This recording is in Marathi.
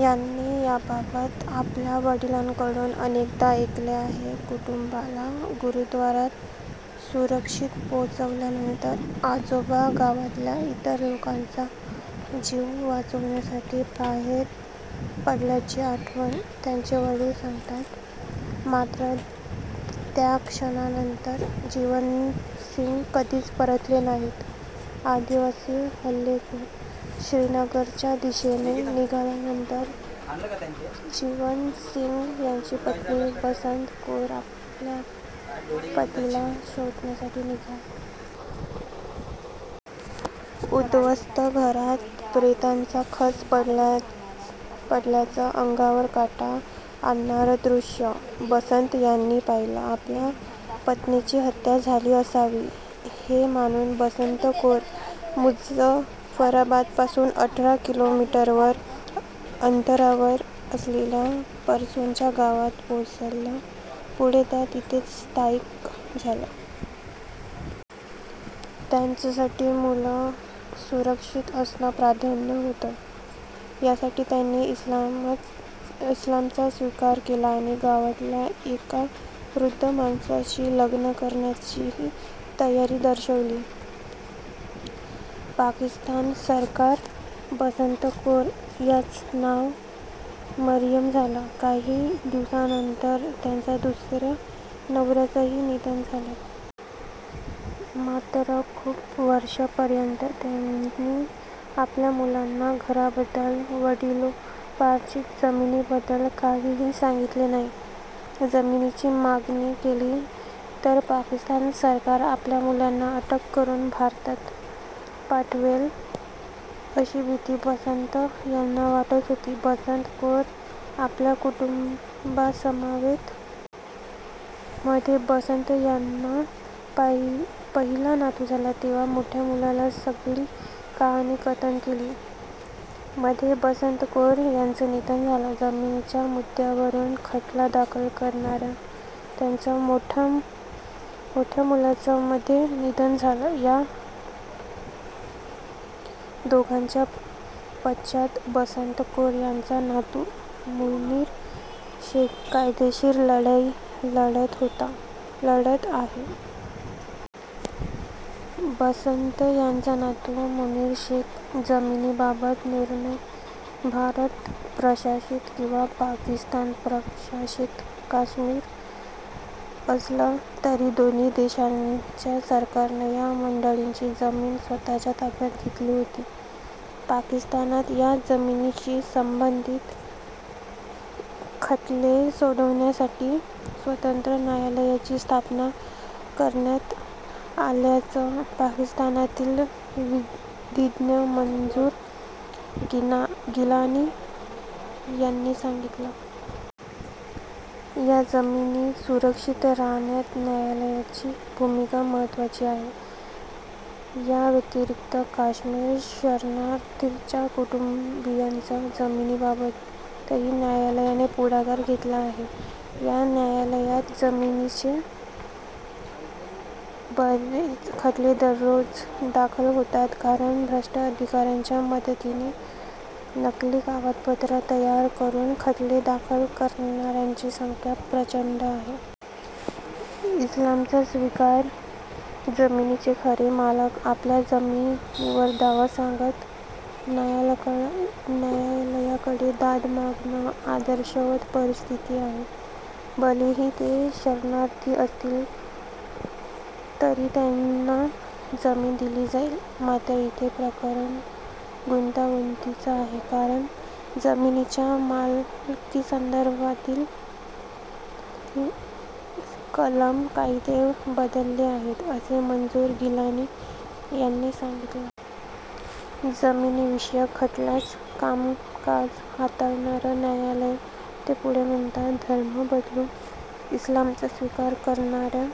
यांनी याबाबत आपल्या वडिलांकडून अनेकदा ऐकलं आहे. कुटुंबाला गुरुद्वारात सुरक्षित पोहोचवल्यानंतर आजोबा गावातल्या इतर लोकांचा जीव वाचवण्यासाठी बाहेर पडल्याची आठवण त्यांचे वडील सांगतात. मात्र त्याक्षणानंतर जीवन सिंह कधीच परतले नाहीत. आदिवासी हल्लेखोर श्रीनगरच्या दिशेने निघाल्यानंतर जीवन सिंह यांच्या पत्नी बसंत कौर आपल्या पतीला शोधण्यासाठी निघाल्या. उदध्वस्त घरात प्रेतांचा खच पडल्याचं अंगावर काटा आणणारं दृश्य बसंत यांनी पाहिलं. आपल्या पत्नीची हत्या झाली असावी, हे मानून बसंत कौर मुजफ्फराबादपासून अठरा किलोमीटरवर अंतरावर असलेल्या परसोनचा गावात पोहोचल्या. पुढे त्या तिथेच स्थायिक झाल्या. त्यांच्यासाठी मुलं सुरक्षित असणं प्राधान्य होतं. यासाठी त्यांनी इस्लामचा स्वीकार केला आणि गावातल्या एका वृद्ध माणसाशी लग्न करण्याचीही तयारी दर्शविली. पाकिस्तान सरकार बसंत कौर यांचं नाव मरियम झालं. काही दिवसांनंतर त्यांच्या दुसऱ्या नवऱ्याचंही निधन झालं. मात्र खूप वर्षांपर्यंत त्यांनी आपल्या मुलांना घराबद्दल, वडिलोपार्जित जमिनीबद्दल काहीही सांगितलं नाही. जमिनीची मागणी केली तर पाकिस्तान सरकार आपल्या मुलांना अटक करून भारतात पाठवेल, अशी भीती बसंत यांना वाटत होती. बसंत कौर आपल्या कुटुंबासमवेत. मध्ये बसंत यांना पहिला नातू झाला. तेव्हा मोठ्या मुलाला सगळी कहाणी कथन केली. मध्ये बसंत कौर यांचं निधन झालं. जमिनीच्या मुद्द्यावरून खटला दाखल करणाऱ्या त्यांच्या मोठ्या मुलाचं मध्ये निधन झालं. या दोघांच्या पश्चात बसंत कौर यांचा नातू मुनीर शेख कायदेशीर लढाई लढत होता लढतआहे. बसंत यांचा नातू मुनीर शेख. जमिनीबाबत निर्णय भारत प्रशासित किंवा पाकिस्तान प्रशासित काश्मीर असलं तरी दोन्ही देशांच्या सरकारनं या मंडळींची जमीन स्वत:च्या ताब्यात घेतली होती. पाकिस्तानात या जमिनींशी संबंधित खटले सोडवण्यासाठी स्वतंत्र न्यायालयाची स्थापना करण्यात आल्याचं पाकिस्तानातील विधीज्ञ मंजूर गिलानी यांनी सांगितलं. या जमिनी सुरक्षित राहण्यात न्यायालयाची भूमिका महत्त्वाची आहे. याव्यतिरिक्त काश्मीर शरणार्थींच्या कुटुंबीयांच्या जमिनीबाबतही न्यायालयाने पुढाकार घेतला आहे. या न्यायालयात जमिनींचे बरेच खटले दररोज दाखल होतात. कारण भ्रष्ट अधिकाऱ्यांच्या मदतीने नकली कागदपत्रं तयार करून खटले दाखल करणाऱ्यांची संख्या प्रचंड आहे. इस्लामचा स्वीकार जमिनीचे खरे मालक आपल्या जमिनीवर दावा सांगत न्यायालयाकडे दाद मागणं आदर्शवत परिस्थिती आहे. भलेही ते शरणार्थी असतील तरी त्यांना जमीन दिली जाईल. मात्र इथे प्रकरण गुंतागुंतीचं आहे. कारण जमिनीच्या मालकीसंदर्भातली कलमं, कायदे बदलले आहेत, असं मंजूर गिलानी यांनी सांगितलं. जमिनींविषयक खटल्यांचं कामकाज हाताळणारं न्यायालय. ते पुढे म्हणतात, धर्म बदलून इस्लामच्या स्वीकार करणाऱ्या